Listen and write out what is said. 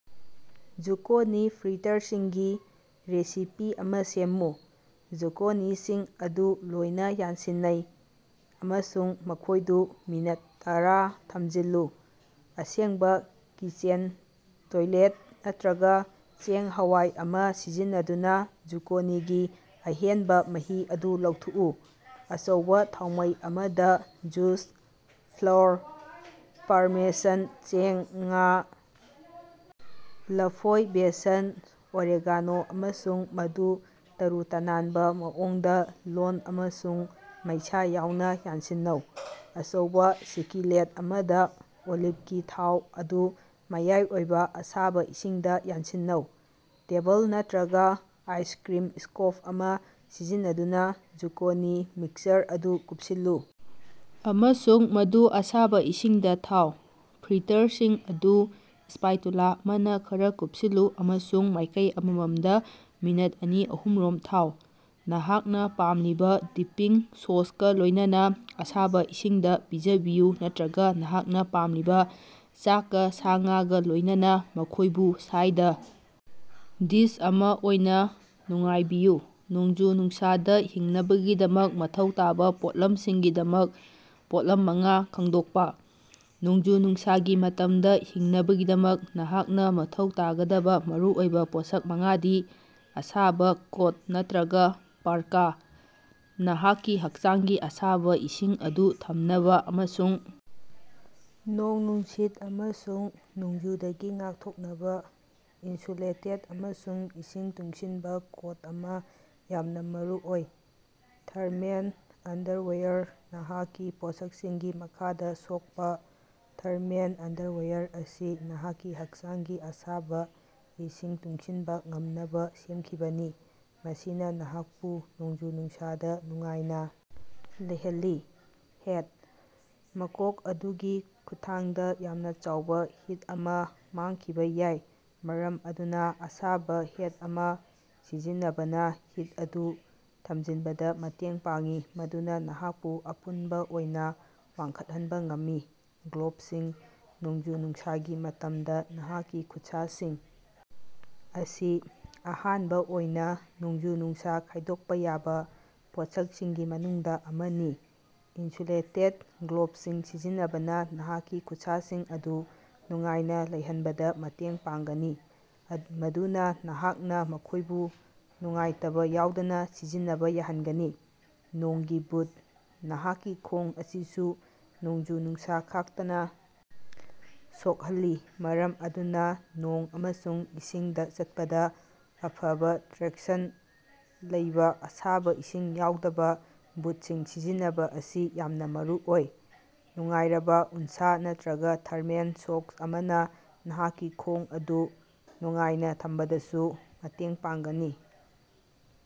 Zucchini ꯐ꯭ꯔꯤꯇꯔꯁꯤꯡꯒꯤ recipe ꯑꯃꯥ ꯁꯦꯝꯃꯨ꯫ ꯖꯨꯀꯣꯅꯤꯁꯤꯡ ꯑꯗꯨ ꯂꯣꯏꯅꯥ ꯌꯥꯟꯁꯤꯟꯅꯩ ꯑꯃꯁꯨꯡ ꯃꯈꯣꯢꯗꯨ ꯃꯤꯅꯠ ꯇꯔꯥꯊꯝꯖꯤꯜꯂꯨ꯫ ꯑꯁꯦꯡꯕꯥ ꯀꯤꯆꯦꯟ ꯇꯣꯏꯂꯦꯠ ꯅꯠꯇ꯭ꯔꯒꯥ ꯆꯦꯡ-ꯍꯋꯥꯏ ꯑꯃꯥ ꯁꯤꯖꯤꯟꯅꯗꯨꯅꯥ ꯖꯨꯀꯣꯅꯤꯒꯤ ꯑꯍꯦꯟꯕꯥ ꯃꯍꯤ ꯑꯗꯨ ꯂꯧꯊꯣꯛꯎ꯫ ꯑꯆꯧꯕꯥ ꯊꯥꯎꯃꯩ ꯑꯃꯗꯥ ꯖꯨꯁ, ꯐ꯭ꯂꯣꯔ, ꯄꯥꯔꯃꯦꯁꯟ ꯆꯦꯡ, ꯉꯥ, ꯂꯐꯣꯏ, ꯕꯦꯁꯟ, ꯑꯣꯔꯦꯒꯥꯅꯣ, ꯑꯃꯁꯨꯡ ꯃꯗꯨ ꯇꯔꯨ-ꯇꯅꯥꯟꯕꯥ ꯃꯑꯣꯡꯗꯥ ꯂꯣꯟ ꯑꯃꯁꯨꯡ ꯃꯩꯁꯥ ꯌꯥꯎꯅꯥ ꯌꯥꯟꯁꯤꯟꯅꯧ꯫ ꯑꯆꯧꯕꯥ ꯁꯀꯤꯂꯦꯠ ꯑꯃꯗꯥ ꯑꯣꯂꯤꯚꯒꯤ ꯊꯥꯎ ꯑꯗꯨ ꯃꯌꯥꯏ ꯑꯣꯏꯕꯥ ꯑꯁꯥꯕꯥ ꯏꯁꯤꯡꯗꯥ ꯌꯥꯟꯁꯤꯟꯅꯧ꯫ ꯇꯦꯕꯜ ꯅꯠꯇ꯭ꯔꯒꯥ ꯑꯥꯏꯁꯀ꯭ꯔꯤꯝ ꯁ꯭ꯀꯣꯞ ꯑꯃꯥ ꯁꯤꯖꯤꯟꯅꯗꯨꯅꯥ ꯖꯨꯀꯣꯅꯤ ꯃꯤꯛꯁꯆꯔ ꯑꯗꯨ ꯀꯨꯞꯁꯤꯜꯂꯨ ꯑꯃꯁꯨꯡ ꯃꯗꯨ ꯑꯁꯥꯕꯥ ꯏꯁꯤꯡꯗꯥ ꯊꯥꯎ꯫ ꯐ꯭ꯔꯤꯇꯔꯁꯤꯡ ꯑꯗꯨ ꯁ꯭ꯄꯥꯏꯇꯨꯂꯥ ꯑꯃꯅꯥ ꯈꯔꯥ ꯀꯨꯞꯁꯤꯟꯂꯨ ꯑꯃꯁꯨꯡ ꯃꯥꯢꯀꯩ ꯑꯃꯃꯝꯗꯥ ꯃꯤꯅꯠ ꯑꯅꯤ ꯑꯍꯨꯝꯔꯣꯝ ꯊꯥꯎ꯫ ꯅꯍꯥꯛꯅꯥ ꯄꯥꯝꯂꯤꯕꯥ ꯗꯤꯞꯄꯤꯡ ꯁꯣꯁꯀꯥ ꯂꯣꯢꯅꯅꯥ ꯑꯁꯥꯕꯥ ꯏꯁꯤꯡꯗꯥ ꯄꯤꯖꯕꯤꯌꯨ ꯅꯠꯇ꯭ꯔꯒꯥ ꯅꯍꯥꯛꯅꯥ ꯄꯥꯝꯂꯤꯕꯥ ꯆꯥꯀꯁꯉꯥꯒꯥ ꯂꯣꯢꯅꯅꯥ ꯃꯈꯣꯢꯕꯨ ꯁꯥꯏꯗ ꯗꯤꯁ ꯑꯃꯥ ꯑꯣꯏꯅꯥ ꯅꯨꯡꯉꯥꯏꯕꯤꯌꯨ꯫ ꯅꯣꯡꯖꯨ-ꯅꯨꯡꯁꯥꯗꯥ ꯍꯤꯡꯅꯕꯒꯤꯗꯃꯛ ꯃꯊꯧ ꯇꯥꯕꯥ ꯄꯣꯠꯂꯝ ꯁꯤꯡꯒꯤꯗꯃꯛ ꯄꯣꯠꯂꯝ ꯃꯉꯥ ꯈꯪꯗꯣꯛꯄꯥ꯫ ꯅꯣꯡꯖꯨ-ꯅꯨꯡꯁꯥꯒꯤ ꯃꯇꯝꯗꯥ ꯍꯤꯡꯅꯕꯒꯤꯗꯃꯛ ꯅꯍꯥꯛꯅꯥ ꯃꯊꯧ ꯇꯥꯒꯗꯕꯥ ꯃꯔꯨꯑꯣꯏꯕꯥ ꯄꯣꯠꯁꯛ ꯃꯉꯥꯗꯤ: ꯑꯁꯥꯕꯥ ꯀꯣꯠ ꯅꯠꯇ꯭ꯔꯒꯥ ꯄꯥꯔꯀꯥ: ꯅꯍꯥꯛꯀꯤ ꯍꯛꯆꯥꯡꯒꯤ ꯑꯁꯥꯕꯥ ꯏꯁꯤꯡ ꯑꯗꯨ ꯊꯝꯅꯕꯥ ꯑꯃꯁꯨꯡ ꯅꯣꯡ ꯅꯨꯡꯁꯤꯠ ꯑꯃꯁꯨꯡ ꯅꯣꯡꯖꯨꯗꯒꯤ ꯉꯥꯛꯊꯣꯛꯅꯕꯥ ꯏꯟꯁꯨꯂꯦꯇꯦꯗ ꯑꯃꯁꯨꯡ ꯏꯁꯤꯡ ꯇꯨꯡꯁꯤꯟꯕꯥ ꯀꯣꯠ ꯑꯃꯥ ꯌꯥꯝꯅꯥ ꯃꯔꯨꯑꯣꯏ꯫ ꯊꯔꯃꯦꯟ ꯑꯟꯗꯔꯋꯦꯌꯔ ꯅꯍꯥꯛꯀꯤ ꯄꯣꯠꯁꯛꯁꯤꯡꯒꯤ ꯃꯈꯥꯗꯥ ꯁꯣꯛꯄꯥ, ꯊꯔꯃꯦꯜ ꯑꯟꯗꯔꯋꯦꯌꯔ ꯑꯁꯤ ꯅꯍꯥꯛꯀꯤ ꯍꯛꯆꯥꯡꯒꯤ ꯑꯁꯥꯕꯥ ꯏꯁꯤꯡ ꯇꯨꯡꯁꯤꯟꯕꯥ ꯉꯝꯅꯕꯥ ꯁꯦꯝꯈꯤꯕꯅꯤ, ꯃꯁꯤꯅꯥ ꯅꯍꯥꯛꯄꯨ ꯅꯣꯡꯖꯨ-ꯅꯨꯡꯁꯥꯗꯥ ꯅꯨꯡꯉꯥꯏꯅꯥ ꯂꯩꯍꯜꯂꯤ꯫ ꯍꯦꯠ: ꯃꯀꯣꯛ ꯑꯗꯨꯒꯤ ꯈꯨꯠꯊꯥꯡꯗꯥ ꯌꯥꯝꯅꯥ ꯆꯥꯎꯕꯥ ꯍꯤꯠ ꯑꯃꯥ ꯃꯥꯡꯈꯤꯕꯥ ꯌꯥꯏ, ꯃꯔꯝ ꯑꯗꯨꯅꯥ ꯑꯁꯥꯕꯥ ꯍꯦꯠ ꯑꯃꯥ ꯁꯤꯖꯤꯟꯅꯕꯅꯥ ꯍꯤꯠ ꯑꯗꯨ ꯊꯝꯖꯤꯟꯕꯗꯥ ꯃꯇꯦꯡ ꯄꯥꯡꯏ, ꯃꯗꯨꯅꯥ ꯅꯍꯥꯛꯄꯨ ꯑꯄꯨꯟꯕꯥ ꯑꯣꯏꯅꯥ ꯋꯥꯡꯈꯠꯍꯟꯕꯥ ꯉꯝꯃꯤ꯫ ꯒ꯭ꯂꯣꯕꯁꯤꯡ ꯅꯣꯡꯖꯨ-ꯅꯨꯡꯁꯥꯒꯤ ꯃꯇꯝꯗꯥ, ꯅꯍꯥꯛꯀꯤ ꯈꯨꯠꯁꯥꯁꯤꯡ ꯑꯁꯤ ꯑꯍꯥꯟꯕꯥ ꯑꯣꯏꯅꯥ ꯅꯣꯡꯖꯨ-ꯅꯨꯡꯁꯥ ꯈꯥꯢꯗꯣꯛꯄꯥ ꯌꯥꯕꯥ ꯄꯣꯠꯁꯛꯁꯤꯡꯒꯤ ꯃꯅꯨꯡꯗꯥ ꯑꯃꯅꯤ꯫ ꯏꯟꯁꯨꯂꯦꯇꯦꯗ ꯒ꯭ꯂꯣꯕꯁꯤꯡ ꯁꯤꯖꯤꯟꯅꯕꯅꯥ ꯅꯍꯥꯛꯀꯤ ꯈꯨꯠꯁꯥꯁꯤꯡ ꯑꯗꯨ ꯅꯨꯡꯉꯥꯏꯅꯥ ꯂꯩꯍꯟꯕꯗꯥ ꯃꯇꯦꯡ ꯄꯥꯡꯒꯅꯤ, ꯑꯠ ꯃꯗꯨꯅꯥ ꯅꯍꯥꯛꯅꯥ ꯃꯈꯣꯢꯕꯨ ꯅꯨꯡꯉꯥꯏꯇꯕꯥ ꯌꯥꯎꯗꯅꯥ ꯁꯤꯖꯤꯟꯅꯕꯥ ꯌꯥꯍꯟꯒꯅꯤ꯫ ꯅꯣꯡꯒꯤ ꯕꯨꯠ: ꯅꯍꯥꯛꯀꯤ ꯈꯣꯡ ꯑꯁꯤꯁꯨ ꯅꯣꯡꯖꯨ-ꯅꯨꯡꯁꯥ ꯈꯥꯛꯇꯅꯥ ꯁꯣꯛꯍꯜꯂꯤ ꯃꯔꯝ ꯑꯗꯨꯅꯥ ꯅꯣꯡ ꯑꯃꯁꯨꯡ ꯏꯁꯤꯡꯗꯥ ꯆꯠꯄꯗꯥ ꯑꯐꯕꯥ ꯇ꯭ꯔꯦꯛꯁꯟ ꯂꯩꯕꯥ ꯑꯁꯥꯕꯥ ꯏꯁꯤꯡ ꯌꯥꯎꯗꯕꯥ ꯕꯨꯠꯁꯤꯡ ꯁꯤꯖꯤꯟꯅꯕꯥ ꯑꯁꯤ ꯌꯥꯝꯅꯥ ꯃꯔꯨꯑꯣꯏ꯫ ꯅꯨꯡꯉꯥꯏꯔꯕꯥ ꯎꯟꯁꯥ ꯅꯠꯇ꯭ꯔꯒꯥ ꯊꯔꯃꯦꯜ ꯁꯣꯛꯁ ꯑꯃꯅꯥ ꯅꯍꯥꯛꯀꯤ ꯈꯣꯡ ꯑꯗꯨ ꯅꯨꯡꯉꯥꯏꯅꯥ ꯊꯝꯕꯗꯁꯨ ꯃꯇꯦꯡ ꯄꯥꯡꯒꯅꯤ꯫